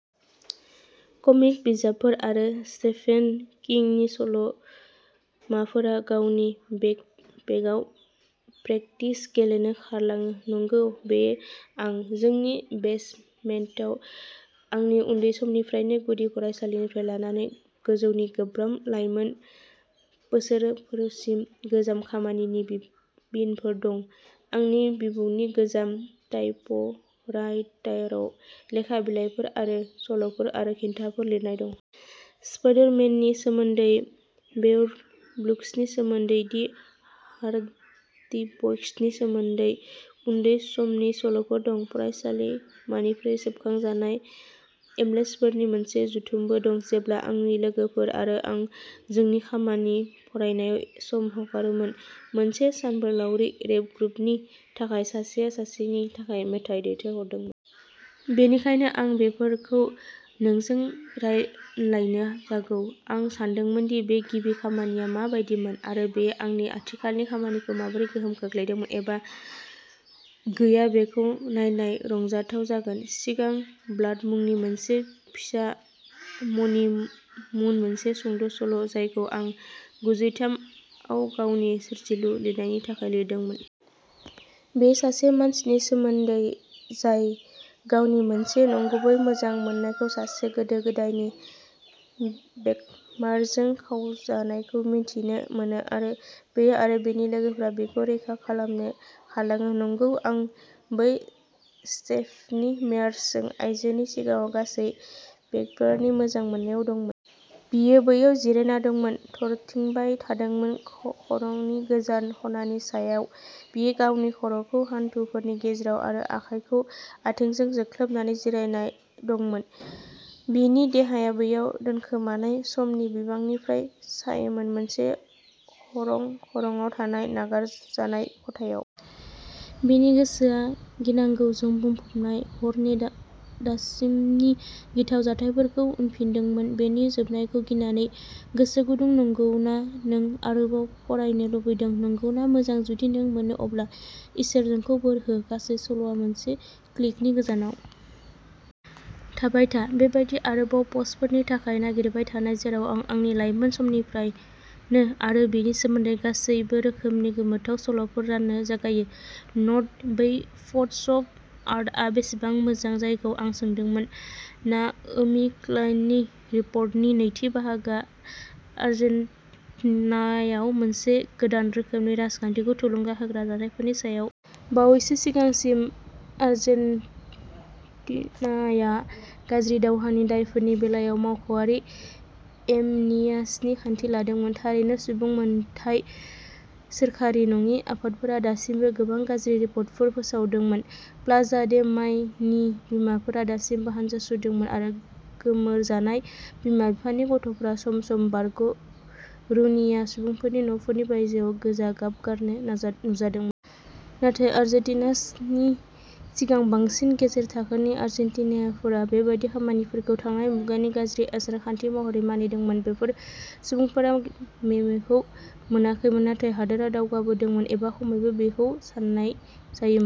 कमिक बिजाबफोर आरो स्टेफेन किंनि सल'माफोरा गावनि बेकपेकआव प्रेकटिस गेलेनो खारलाङो नंगौ बेयो आं। जोंनि बेसमेन्टाव आंनि उन्दै समनिफ्रायनो गुदि फरायसालिनिफ्राय लानानै गोजौनि गोब्राब लाइमोन बोसोरफोरसिम गोजाम खामानिनि बि-बिनफोर दं। आंनि बिबौनि गोजाम टाइपराइटाराव लेखा बिलाइफोर आरो सल'फोर आरो खन्थाइफोर लिरनाय दं। स्पाइडर-मेननि सोमोन्दै वेयरवुल्व्सनि सोमोन्दै दि हार्डि ब'य्सनि सोमोन्दै उन्दै समनि सल'फोर दं। फरायसालिमानिफ्राय सेबखांजानाय इमेलफोरनि मोनसे जुथुमबो दं जेब्ला आंनि लोगोफोर आरो आं जोंनि खामानि फरायनायाव सम हगारोमोन मोनसे सानबोलावरि रेप ग्रुपनि थाखाय सासेया सासेनि थाखाय मेथाइ दैथायहरदोंमोन। बेनिखायनो आं बेफोरखौ नोंजों रानलायनो जागौ। आं सानदोंमोन दि बे गिबि खामानिया मा बायदिमोन आरो बेयो आंनि आथिखालनि खामानिखौ माबोरै गोहोम खोख्लैदों एबा गैया-बेखौ नायनाया रंजाथाव जागोन। सिगां ब्लाड मुंनि मोनसे फिसा मणि मुन मोनसे सुंद'सल'जायखौ आं गुजिथाम आव गावनि सोरजिलु लिरनायनि थाखाय लिरदोंमोन। बेयो सासे मानसिनि सोमोन्दै जाय गावनि मोनसे नंगुबै मोजां मोननायखौ सासे गोदो गोदायनि वेम्पायरजों खावजानायखौ मिथिनो मोनो आरो बियो आरो बिनि लोगोफोरा बिखौ रैखा खालामनो खारलाङो नंगौ। आं बै स्टेफेनि मेयार्स आइजोनि सिगाङाव गासै वेम्पायरनि मोजां मोननायाव दंमोन। बियो बैयाव जिरायना दंमोन थरथिंबाय थादोंमोन। खरंनि गोजान ख'नानि सायायाव बियो गावनि खर'खौ हान्थुफोरनि गेजेराव आरो आखाइखौ आथिंजों जोख्लोबनानै जिरायना दंमोन। बिनि देहाया बैयाव दोनखोमानाय समनि बिबांनिफ्राय सायोमोन मोनसे ख'रं ख'रंआव थानाय नागारजानाय खथायाव। बिनि गोसोआ गिनांगौजों बुंफबनाय हरनि दासिमनि गिथाव जाथायफोरखौ उनफिनदोंमोन बेनि जोबनायखौ गिनानै। गोसो गुदुं नंगौना नों आरोबाव फरायनो लुबैदों नंगौना मोजां जुदि नों मोनो अब्ला इसोर नोंखौ बोर हो। गासै सल'आ मोनसे क्लिकनि गोजानाव। थाबाय था। बेबायदि आरोबाव पस्टफोरनि थाखाय नागिरबाय थानाय जेराव आं आंनि लाइमोन समनिफ्रायनो आरो बिनि सोमोन्दै गासैबो रोखोमनि गोमोथाव सल'फोर राननो जागायो। नोट बै फट'शप आर्टआ बेसेबां मोजां जायखौ आं सोंदोंमोन नाओमी क्लेइननि रिपर्टनि नैथि बाहागोआ आर्जेन्टिनायाव मोनसे गोदान रोखोमनि राजखान्थिखौ थुलुंगा होग्रा जाथायफोरनि सायाव। बावैसो सिगांसिम आर्जेन्टिनाया गाज्रि दावहानि दायफोरनि बेलायाव मावख'आरि एमनेसियानि खान्थि लादोंमोन। थारैनो सुबुं मोनथाय सोरखारि नङि आफादफोरा दासिमबो गोबां गाज्रि रिपर्टफोर फोसावदोंमोन प्लाजा दे माय'नि बिमाफोरा दासिमबो हानजा सुरदोंमोन आरो गोमोरजानाय बिमा बिफानि गथ'फोरा सम सम बारग'रौनिया सुबुंफोरनि न'फोरनि बायजोआव गोजा गाब गारनो नाजा नुजादोंमोन। नाथाय आर्जेन्टिनाज'नि सिगां बांसिन गेजेर थाखोनि आर्जेन्टिनियानफोरा बेबादि खामानिफोरखौ थांनाय मुगानि गाज्रि आसार खान्थि महरै मानिदोंमोन। बेफोर सुबुंफोरा मेमोखौ मोनाखैमोन नामा हादोरा दावगादोंमोन एबा खमैबो बेखौ सान्नाय जायोमोन।